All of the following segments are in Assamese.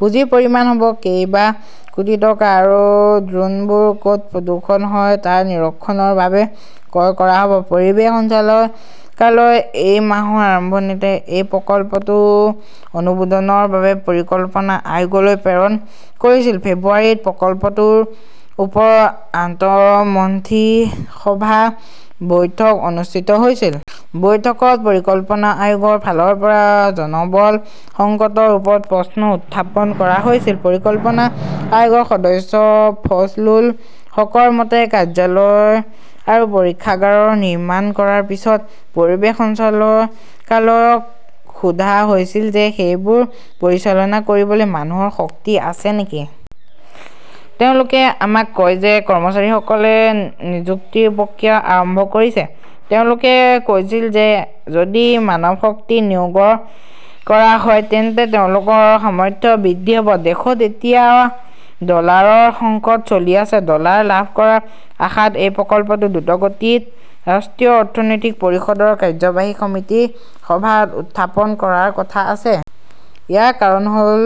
পুঁজিৰ পৰিমাণ হ'ব কেইবা কোটি টকা। আৰু ড্ৰোনবোৰ ক'ত প্ৰদূষণ হয় তাৰ নিৰীক্ষণৰ বাবে ক্ৰয় কৰা হ'ব। পৰিৱেশ সঞ্চালয়কালয়ই এই মাহৰ আৰম্ভণিতে এই প্ৰকল্পটো অনুমোদনৰ বাবে পৰিকল্পনা আয়োগলৈ প্ৰেৰণ কৰিছিল। ফেব্ৰুৱাৰীত প্ৰকল্পটোৰ ওপৰত আন্তঃমন্ত্ৰিসভা বৈঠক অনুষ্ঠিত হৈছিল। বৈঠকত পৰিকল্পনা আয়োগৰ ফালৰ পৰা জনবল সংকটৰ ওপৰত প্ৰশ্ন উত্থাপন কৰা হৈছিল। পৰিকল্পনা আয়োগৰ সদস্য ফজলুল হকৰ মতে, কাৰ্যালয় আৰু পৰীক্ষাগাৰৰ নিৰ্মাণ কৰাৰ পিছত পৰিৱেশ সঞ্চালয়কালয়ক সোধা হৈছিল যে সেইবোৰ পৰিচালনা কৰিবলৈ মানুহৰ শক্তি আছে নেকি। তেওঁলোকে আমাক কয় যে কৰ্মচাৰীসকলে নিযুক্তিৰ প্ৰক্ৰিয়া আৰম্ভ কৰিছে। তেওঁলোকে কৈছিল যে যদি মানৱশক্তি নিয়োগৰ কৰা হয় তেন্তে তেওঁলোকৰ সামৰ্থ্য বৃদ্ধি হ'ব। দেশত এতিয়া ডলাৰৰ সংকট চলি আছে। ডলাৰ লাভ কৰাৰ আশাত এই প্ৰকল্পটো দ্ৰুতগতিত ৰাষ্ট্ৰীয় অৰ্থনৈতিক পৰিষদৰ কাৰ্যবাহী সমিতি সভাত উত্থাপন কৰাৰ কথা আছে। ইয়াৰ কাৰণ হ'ল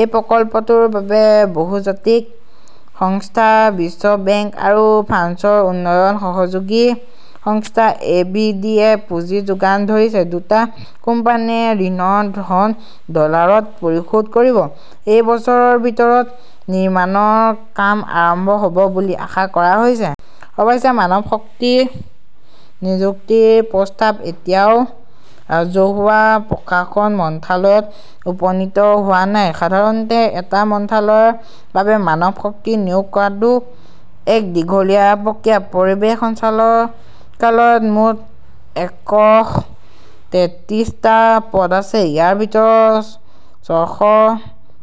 এই প্ৰকল্পটোৰ বাবে বহুজাতিক সংস্থা বিশ্ব বেংক আৰু ফ্ৰান্সৰ উন্নয়ন সহযোগী সংস্থা এ. বি. ডি. -য়ে পুঁজি যোগান ধৰিছে। দুটা কোম্পানীয়ে ঋণৰ ধন ডলাৰত পৰিশোধ কৰিব। এই বছৰৰ ভিতৰত নিৰ্মাণৰ কাম আৰম্ভ হ'ব বুলি আশা কৰা হৈছে। অৱশ্যে, মানৱশক্তি নিযুক্তিৰ প্ৰস্তাৱ এতিয়াও ৰাজহুৱা প্ৰশাসন মন্ত্ৰালয়ত উপনীত হোৱা নাই। সাধাৰণতে এটা মন্ত্ৰালয়ৰ বাবে মানৱশক্তি নিয়োগ কৰাটো এক দীঘলীয়া প্ৰক্ৰিয়া। পৰিৱেশ সঞ্চালয়কালয়ত মুঠ একশ তেত্ৰিশটা পদ আছে। ইয়াৰ ভিতৰত ছয়শ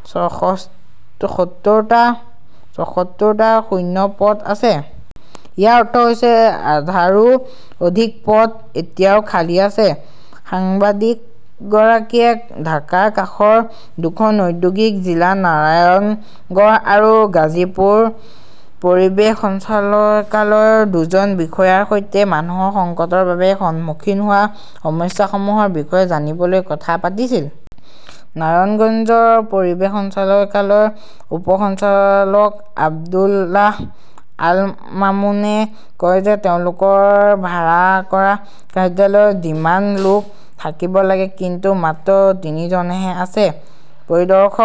ছয়শ সত্তৰটা ছয়সত্তৰটা শূন্য পদ আছে। ইয়াৰ অৰ্থ হৈছে আধাৰো অধিক পদ এতিয়াও খালী আছে। সাংবাদিকগৰাকীয়ে ঢাকাৰ কাষৰ দুখন ঔদ্যোগিক জিলা নাৰায়ণগড় আৰু গাজীপুৰ পৰিৱেশ সঞ্চালয়কালয়ৰ দুজন বিষয়াৰ সৈতে মানুহৰ সংকটৰ বাবে সন্মুখীন হোৱা সমস্যাসমূহৰ বিষয়ে জানিবলৈ কথা পাতিছিল। নাৰায়ণগঞ্জৰ পৰিৱেশ সঞ্চালয়কালয়ৰ উপ সঞ্চালক আব্দুল্লাহ আল মামুনে কয় যে তেওঁলোকৰ ভাড়া কৰা কাৰ্যালয়ত যিমান লোক থাকিব লাগে কিন্তু মাত্ৰ তিনিজনহে আছে। পৰিদৰ্শক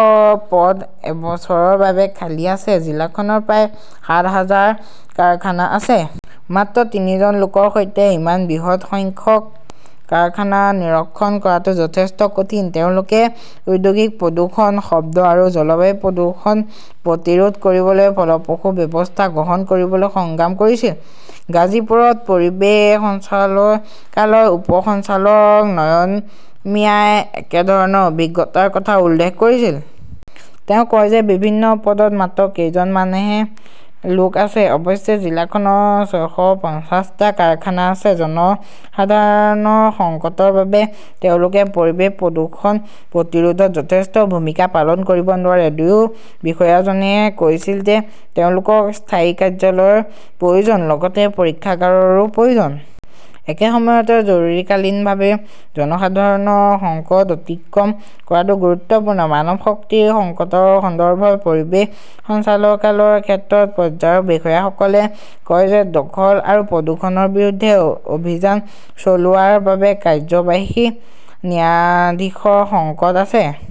পদ এবছৰৰ বাবে খালী আছে। জিলাখনৰ প্ৰায় সাত হাজাৰ কাৰখানা আছে। মাত্ৰ তিনিজন লোকৰ সৈতে ইমান বৃহৎ সংখ্যক কাৰখানা নিৰীক্ষণ কৰাটো যথেষ্ট কঠিন। তেওঁলোকে ঔদ্যোগিক প্ৰদূষণ, শব্দ আৰু জলবায়ু প্ৰদূষণ প্ৰতিৰোধ কৰিবলৈ ফলপ্ৰসূ ব্যৱস্থা গ্ৰহণ কৰিবলৈ সংগ্ৰাম কৰিছিল। গাজীপুৰত পৰিৱেশ সঞ্চালতকালয়ৰ উপ সঞ্চালক নয়ন মিয়াই একেধৰণৰ অভিজ্ঞতাৰ কথা উল্লেখ কৰিছিল। তেওঁ কয় যে বিভিন্ন পদত মাত্ৰ কেইজনমানহে লোক আছে। অৱশ্যে, জিলাখনৰ ছয়শ‌ পঞ্চাশটা কাৰখানা আছে। জনসাধাৰণৰ সংকটৰ বাবে তেওঁলোকে পৰিৱেশ প্ৰদূষণ প্ৰতিৰোধত যথেষ্ট ভূমিকা পালন কৰিব নোৱাৰে। দুয়ো বিষয়াজনে কৈছিল যে তেওঁলোকক স্থায়ী কাৰ্যালয়ৰ প্ৰয়োজন, লগতে পৰীক্ষাগাৰৰো প্ৰয়োজন। একে সময়তে জৰুৰীকালীনভাৱে জনসাধাৰণৰ সংকট অতিক্ৰম কৰাটোও গুৰুত্বপূৰ্ণ। মানৱশক্তিৰ সংকটৰ সন্দৰ্ভত পৰিৱেশ সঞ্চালকালয়ৰ ক্ষেত্ৰ পৰ্যায়ৰ বিষয়াসকলে কয় যে দখল আৰু প্ৰদূষণৰ বিৰুদ্ধে অ অভিযান চলোৱাৰ বাবে কাৰ্যবাহী ন্যায়াধীশৰ সংকট আছে।